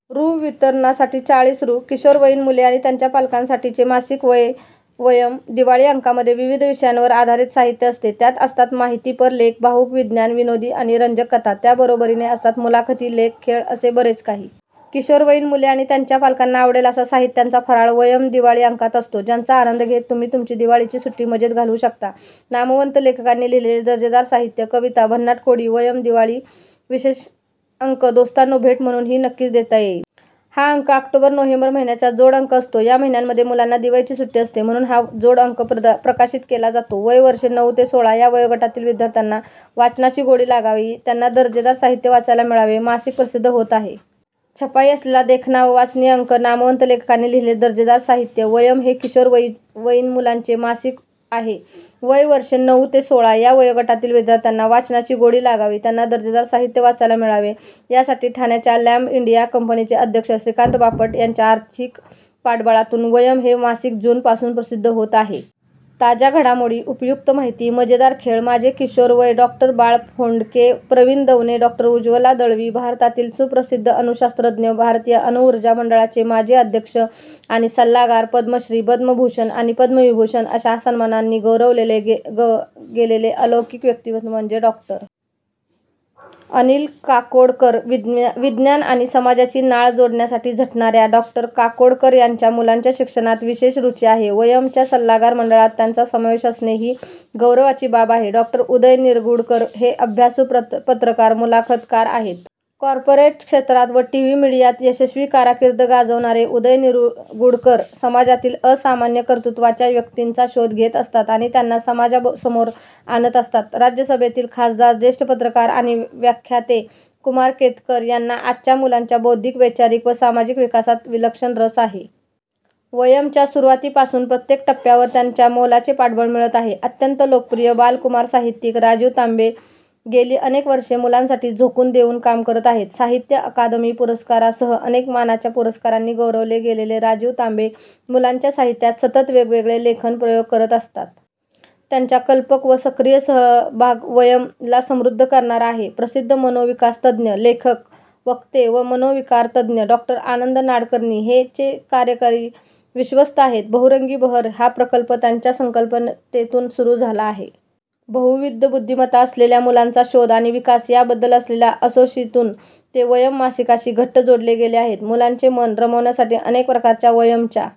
रु. वितरणासाठी चाळीस रु. किशोरवयीन मुले आणि त्यांच्या पालकांसाठीचे मासिक वयम दिवाळी अंकामध्ये विविध विषयांवर आधारित साहित्य असते. त्यात असतात माहितीपर लेख, भावूक, विज्ञान, विनोदी आणि रंजक कथा. त्याबरोबरीने असतात मुलाखती, लेख, खेळ असे बरेच काही. किशोरवयीन मुले आणि त्यांच्या पालकांना आवडेल असा साहित्याचा फराळ वयम दिवाळी अंकात असतो. ज्याचा आनंद घेत तुम्ही तुमची दिवाळीची सुट्टी मजेत घालवू शकता. नामवंत लेखकांनी लिहिलेले दर्जेदार साहित्य, कविता, भन्नाट कोडी, वयम दिवाळी विशेष अंक दोस्तांना भेट म्हणूनही नक्कीच देता येईल. हा अंक ऑक्टोबर-नोव्हेंबर महिन्याचा जोड अंक असतो. या महिन्यामध्ये मुलांना दिवाळीची सुट्टी असते. म्हणून हा जोड अंक प्रकाशित केला जातो. वय वर्षे नऊ ते सोळा या वयोगटातील विद्यार्थ्यांना वाचनाची गोडी लागावी, त्यांना दर्जेदार साहित्य वाचायला मिळावे, मासिक प्रसिद्ध होत आहे. छपाई असलेला देखणा व वाचनीय अंक नामवंत लेखकांनी लिहिलेले दर्जेदार साहित्य वयम हे किशोरवयीन मुलांचे मासिक आहे. वय वर्षे नऊ ते सोळा या वयोगटातील विद्यार्थ्यांना वाचनाची गोडी लागावी, त्यांना दर्जेदार साहित्य वाचायला मिळावे, यासाठी ठाण्याच्या लॅबइंडिया कंपनीचे अध्यक्ष श्रीकांत बापट यांच्या आर्थिक पाठबळातून वयम हे मासिक जून पासून प्रसिद्ध होत आहे. ताज्या घडामोडी, उपयुक्त माहिती मजेदार खेळ माझे किशोरवय डॉ. बाळ फोंडके प्रवीण दवणे डॉ. उज्ज्वला दळवी भारतातील सुप्रसिद्ध अणुशास्त्रज्ञ, भारतीय अणुऊर्जा मंडळाचे माजी अध्यक्ष आणि सल्लागार, पद्मश्री, पद्मभूषण आणि पद्मविभूषण अशा सन्मानांनी गौरवले गेलेले अलौकिक व्यक्तिमत्त्व म्हणजे डॉ. अनिल काकोडकर. विज्ञान आणि समाजाची नाळ जोडण्यासाठी झटणाऱ्या डॉ. काकोडकर यांना मुलांच्या शिक्षणात विशेष रुची आहे. वयम च्या सल्लागार मंडळात त्यांचा समावेश असणे, ही गौरवाची बाब आहे. डॉ. उदय निरगुडकर हे अभ्यासू पत्रकार, मुलाखतकार आहेत. कॉर्पोरेट क्षेत्रात व टीव्ही मिडियात यशस्वी कारकीर्द गाजवणारे उदय निरगुडकर समाजातील असामान्य कर्तृत्वाच्या व्यक्तींचा शोध घेत असतात आणि त्यांना समाजासमोर आणत असतात. राज्यसभेतील खासदार, ज्येष्ठ पत्रकार आणि व्याख्याते कुमार केतकर यांना आजच्या मुलांच्या बौद्धिक, वैचारिक व सामाजिक विकासात विलक्षण रस आहे. वयम् च्या सुरुवातीपासून प्रत्येक टप्प्यावर त्यांचे मोलाचे पाठबळ मिळत आहे. अत्यंत लोकप्रिय बाल-कुमार साहित्यिक राजीव तांबे गेली अनेक वर्षे मुलांसाठी झोकून देऊन काम करत आहेत. साहित्य अकादमी पुरस्कारासह अनेक मानाच्या पुरस्कारांनी गौरवले गेलेले राजीव तांबे मुलांच्या साहित्यात सतत वेगवेगळे लेखन-प्रयोग करत असतात. त्यांचा कल्पक व सक्रीय सहभाग वयम ला समृद्ध करणारा आहे. प्रसिद्ध मनोविकासतज्ज्ञ, लेखक, वक्ते व मनोविकारतज्ज्ञ डॉ. आनंद नाडकर्णी हे चे कार्यकारी विश्वस्त आहेत. बहुरंगी बहर हा प्रकल्प त्यांच्या संकल्पनेतून सुरू झाला आहे. बहुविध बुद्धिमत्ता असलेल्या मुलांचा शोध आणि विकास याबद्दल असलेल्या असोशीतून ते वयम मासिकाशी घट्ट जोडले गेले आहेत. मुलांचे मन रमवण्यासाठी अनेक प्रकारच्या वयम च्या